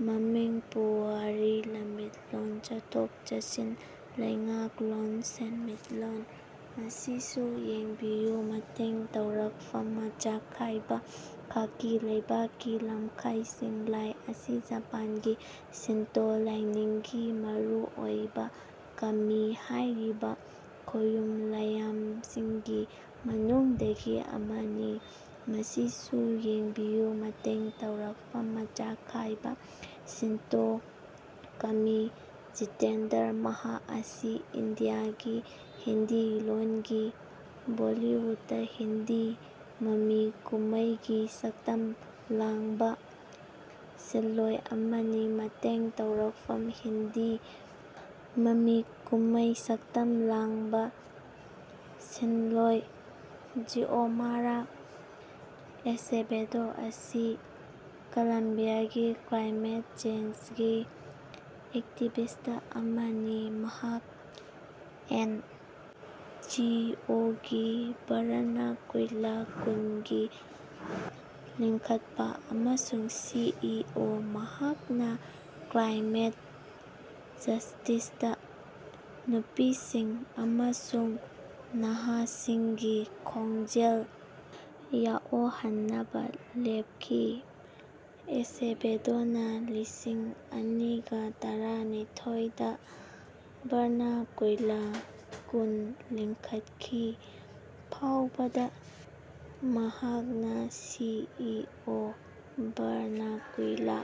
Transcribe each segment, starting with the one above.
ꯃꯃꯤꯡ ꯄꯨꯋꯥꯔꯤ ꯂꯝꯃꯤꯠꯂꯣꯟ ꯆꯠꯊꯣꯛ-ꯆꯠꯁꯤꯟ ꯂꯩꯉꯥꯛꯂꯣꯟ ꯁꯦꯟꯃꯤꯠꯂꯣꯟ ꯃꯁꯤꯁꯨ ꯌꯦꯡꯕꯤꯌꯨ ꯃꯇꯦꯡ ꯂꯧꯔꯛꯐꯝ ꯃꯆꯥꯈꯥꯏꯕ:ꯈꯥꯀꯤ ꯂꯩꯕꯥꯛꯀꯤ ꯂꯝꯈꯥꯢꯁꯤꯡ ꯂꯥꯢ ꯑꯁꯤ ꯖꯄꯥꯟꯒꯤ ꯁꯤꯟꯇꯣ ꯂꯥꯢꯅꯤꯡꯒꯤ ꯃꯔꯨ ꯑꯣꯢꯕ ꯀꯃꯤ ꯍꯥꯢꯔꯤꯕ ꯈꯣꯌꯨꯝ ꯂꯥꯢꯌꯥꯝꯁꯤꯡꯒꯤ ꯃꯅꯨꯡꯗꯒꯤ ꯑꯃꯅꯤ꯫ ꯃꯁꯤꯁꯨ ꯌꯦꯡꯕꯤꯌꯨ ꯃꯇꯦꯡ ꯂꯧꯔꯛꯐꯝ ꯃꯆꯥꯈꯥꯏꯕ:ꯁꯤꯟꯇꯣ ꯀꯃꯤ ꯖꯤꯇꯦꯟꯗ꯭ꯔ ꯃꯍꯥꯛ ꯑꯁꯤ ꯏꯟꯗꯤꯌꯥꯒꯤ ꯍꯤꯟꯗꯤ ꯂꯣꯟꯒꯤ ꯕꯣꯜꯂꯤꯋꯨꯗ (ꯍꯤꯟꯗꯤ ꯃꯃꯤ ꯀꯨꯝꯃꯩ)ꯒꯤ ꯁꯛꯇꯝ ꯂꯥꯡꯕ ꯁꯤꯟꯂꯣꯢ ꯑꯃꯅꯤ꯫ ꯃꯇꯦꯡ ꯂꯧꯔꯛꯐꯝ:ꯍꯤꯟꯗꯤ ꯃꯃꯤ ꯀꯨꯝꯃꯩ ꯁꯛꯇꯝ ꯂꯥꯡꯕ ꯁꯤꯟꯂꯣꯢ ꯖꯤꯑꯣꯃꯥꯔꯥ ꯑꯦꯁꯦꯚꯦꯗꯣ ꯑꯁꯤ ꯀꯂꯝꯕꯤꯌꯥꯒꯤ ꯀ꯭ꯂꯥꯏꯃꯦꯠ ꯆꯦꯟꯖꯒꯤ ꯑꯦꯛꯇꯤꯕꯤꯁ꯭ꯠ ꯑꯃꯅꯤ꯫ ꯃꯍꯥꯛ ꯑꯦꯟ. ꯖꯤ. ꯑꯣ. ꯒꯤ ꯕꯥꯔꯥꯅꯀꯨꯏꯂꯥ ꯀꯨꯟꯒꯤ ꯂꯤꯡꯈꯠꯄ ꯑꯃꯁꯨꯡ ꯁꯤ. ꯏ. ꯑꯣ. ꯃꯍꯥꯛꯅ ꯀ꯭ꯂꯥꯏꯃꯦꯠ ꯖꯁ꯭ꯇꯤꯁꯇ ꯅꯨꯄꯤꯁꯤꯡ ꯑꯃꯁꯨꯡ ꯅꯍꯥꯁꯤꯡꯒꯤ ꯈꯣꯟꯖꯦꯜ ꯌꯥꯑꯣꯍꯟꯅꯕ ꯂꯦꯄꯈꯤ꯫ ꯑꯦꯁꯦꯚꯦꯗꯣꯅꯥ ꯂꯤꯁꯤꯡ ꯑꯅꯤꯒ ꯇꯔꯥ ꯅꯤꯊꯣꯏꯗ ꯕꯥꯔꯥꯅꯀꯨꯏꯂꯥ ꯀꯨꯟ ꯂꯤꯡꯈꯠꯈꯤ, ꯐꯥꯎꯕꯗ ꯃꯍꯥꯛꯅ ꯁꯤ. ꯏ. ꯑꯣ. ꯕꯥꯔꯥꯅꯀꯨꯏꯂꯥ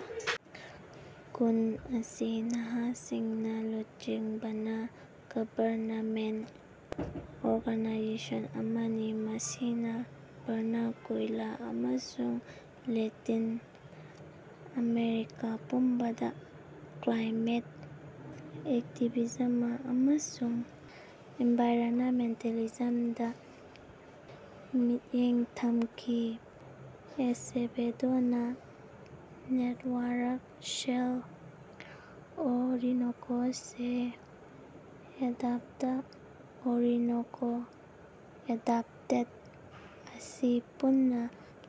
ꯀꯨꯟ ꯑꯁꯤ ꯅꯍꯥꯁꯤꯡꯅ ꯂꯨꯆꯤꯡꯕ ꯅꯟ-ꯒꯕꯔꯅꯃꯦꯟꯠ ꯑꯣꯔꯒꯅꯥꯏꯖꯦꯁꯟ ꯑꯃꯅꯤ꯫ ꯃꯁꯤꯅ ꯕꯥꯔꯥꯅꯀꯨꯏꯂ ꯑꯃꯁꯨꯡ ꯂꯦꯇꯤꯟ ꯑꯃꯦꯔꯤꯀ ꯄꯨꯝꯕꯗ ꯀ꯭ꯂꯥꯏꯃꯦꯠ ꯑꯦꯛꯇꯤꯕꯤꯖꯃ ꯑꯃꯁꯨꯡ ꯑꯦꯅꯚꯥꯏꯔꯅꯃꯦꯟꯇꯦꯂꯤꯖꯃꯗ ꯃꯤꯠꯌꯦꯡ ꯊꯃꯈꯤ꯫ ꯑꯦꯁꯦꯚꯦꯗꯣꯅꯥ ꯅꯦꯠꯋꯥꯔꯛ "ꯑꯦꯜ ꯑꯣꯔꯤꯅꯣꯀꯣ ꯁꯦ ꯑꯦꯗꯄꯇ" (ꯑꯣꯔꯤꯅꯣꯀꯣ ꯑꯦꯗꯞꯇꯦꯠ) ꯑꯁꯤ ꯄꯨꯟꯅ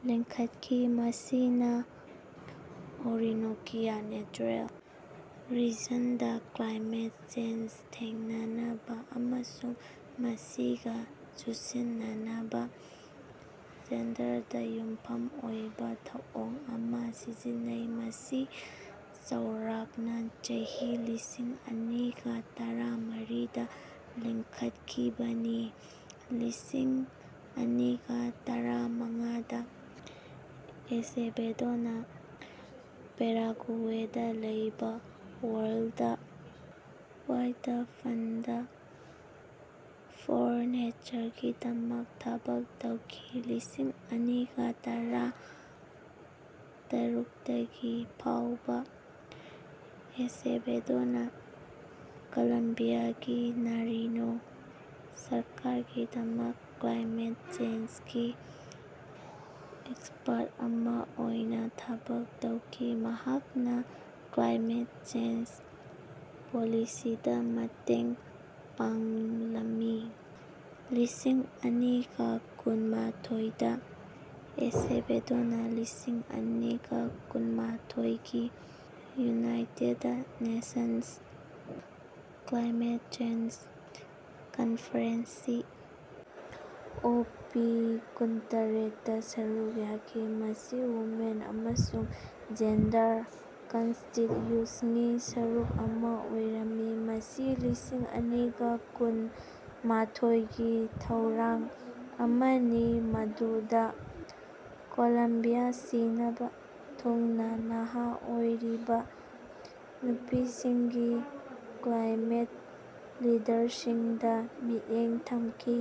ꯂꯤꯡꯈꯠꯈꯤ꯫ ꯃꯁꯤꯅ ꯑꯣꯔꯤꯅꯣꯀꯤꯌꯥ ꯅꯦꯆꯔꯦꯜ ꯔꯤꯖꯟꯗ ꯀ꯭ꯂꯥꯏꯃꯦꯠ ꯆꯦꯟꯖ ꯊꯦꯡꯅꯅꯕ ꯑꯃꯁꯨꯡ ꯃꯁꯤꯒ ꯆꯨꯁꯤꯟꯅꯅꯕ ꯖꯦꯟꯗꯔꯗ ꯌꯨꯝꯐꯝ ꯑꯣꯏꯕ ꯊꯧꯑꯣꯡ ꯑꯃ ꯁꯤꯖꯤꯟꯅꯩ꯫ ꯃꯁꯤ ꯆꯥꯎꯔꯥꯛꯅ ꯆꯍꯤ ꯂꯤꯁꯤꯡ ꯑꯅꯤꯒ ꯇꯔꯥ ꯃꯔꯤꯗ ꯂꯤꯡꯈꯠꯈꯤꯕꯅꯤ, ꯂꯤꯁꯤꯡ ꯑꯅꯤꯒ ꯇꯔꯥ ꯃꯉꯥꯗ ꯑꯦꯁꯦꯚꯦꯗꯣꯅ ꯄꯦꯔꯥꯒꯨꯋꯦꯗ ꯂꯩꯕ ꯋꯥꯔꯜꯗ ꯋꯥꯏꯗ ꯐꯟꯗ ꯐꯣꯔ ꯅꯦꯆꯔꯒꯤꯗꯃꯛ ꯊꯕꯛ ꯇꯧꯈꯤ꯫ ꯂꯤꯁꯤꯡ ꯑꯅꯤꯒ ꯇꯔꯥ ꯇꯔꯨꯛꯗꯒꯤ ꯐꯥꯎꯕ ꯑꯦꯁꯦꯚꯦꯗꯣꯅ ꯀꯣꯂꯝꯕꯤꯌꯥꯒꯤ ꯅꯥꯔꯤꯅꯣ ꯁꯔꯀꯥꯔꯒꯤꯗꯃꯛ ꯀ꯭ꯂꯥꯏꯃꯦꯠ ꯆꯦꯟꯖꯒꯤ ꯑꯦꯛꯁꯄꯔꯠ ꯑꯃ ꯑꯣꯏꯅ ꯊꯕꯛ ꯇꯧꯈꯤ꯫ ꯃꯍꯥꯛꯅ ꯀ꯭ꯂꯥꯏꯃꯦꯠ ꯆꯦꯟꯖ ꯄꯣꯂꯤꯁꯤꯗ ꯃꯇꯦꯡ ꯄꯥꯡꯂꯝꯃꯤ꯫ ꯂꯤꯁꯤꯡ ꯑꯅꯤꯒ ꯀꯨꯟ ꯃꯥꯊꯣꯏ ꯗ ꯑꯦꯁꯦꯚꯦꯗꯣꯅꯥ ꯂꯤꯁꯤꯡ ꯑꯅꯤꯒ ꯀꯨꯟ ꯃꯥꯊꯣꯏꯒꯤ united nations climate change conference (C. O. ꯄꯤ.ꯀꯨꯟ ꯇꯔꯦꯠ)ꯗ ꯁꯔꯨꯛ ꯌꯥꯈꯤ꯫ ꯃꯁꯤ ꯋꯨꯃꯦꯟ ꯑꯃꯁꯨꯡ ꯖꯦꯟꯗꯔ ꯀꯟꯁꯇꯤꯠꯌꯨꯁꯉꯤ ꯁꯔꯨꯛ ꯑꯃ ꯑꯣꯏꯔꯝꯃꯤ꯫ ꯃꯁꯤ ꯂꯤꯁꯤꯡ ꯑꯅꯤꯒ ꯀꯨꯟ ꯃꯥꯊꯣꯏꯒꯤ ꯊꯧꯔꯥꯡ ꯑꯃꯅꯤ ꯃꯗꯨꯗ ꯀꯣꯂꯝꯕꯤꯌꯥ ꯁꯤꯅꯕ ꯊꯨꯡꯅ ꯅꯍꯥ ꯑꯣꯏꯔꯤꯕ ꯅꯨꯄꯤꯁꯤꯡꯒꯤ ꯀ꯭ꯂꯥꯏꯃꯦꯠ ꯂꯤꯗꯔꯁꯤꯡꯗ ꯃꯤꯠꯌꯦꯡ ꯊꯝꯈꯤ꯫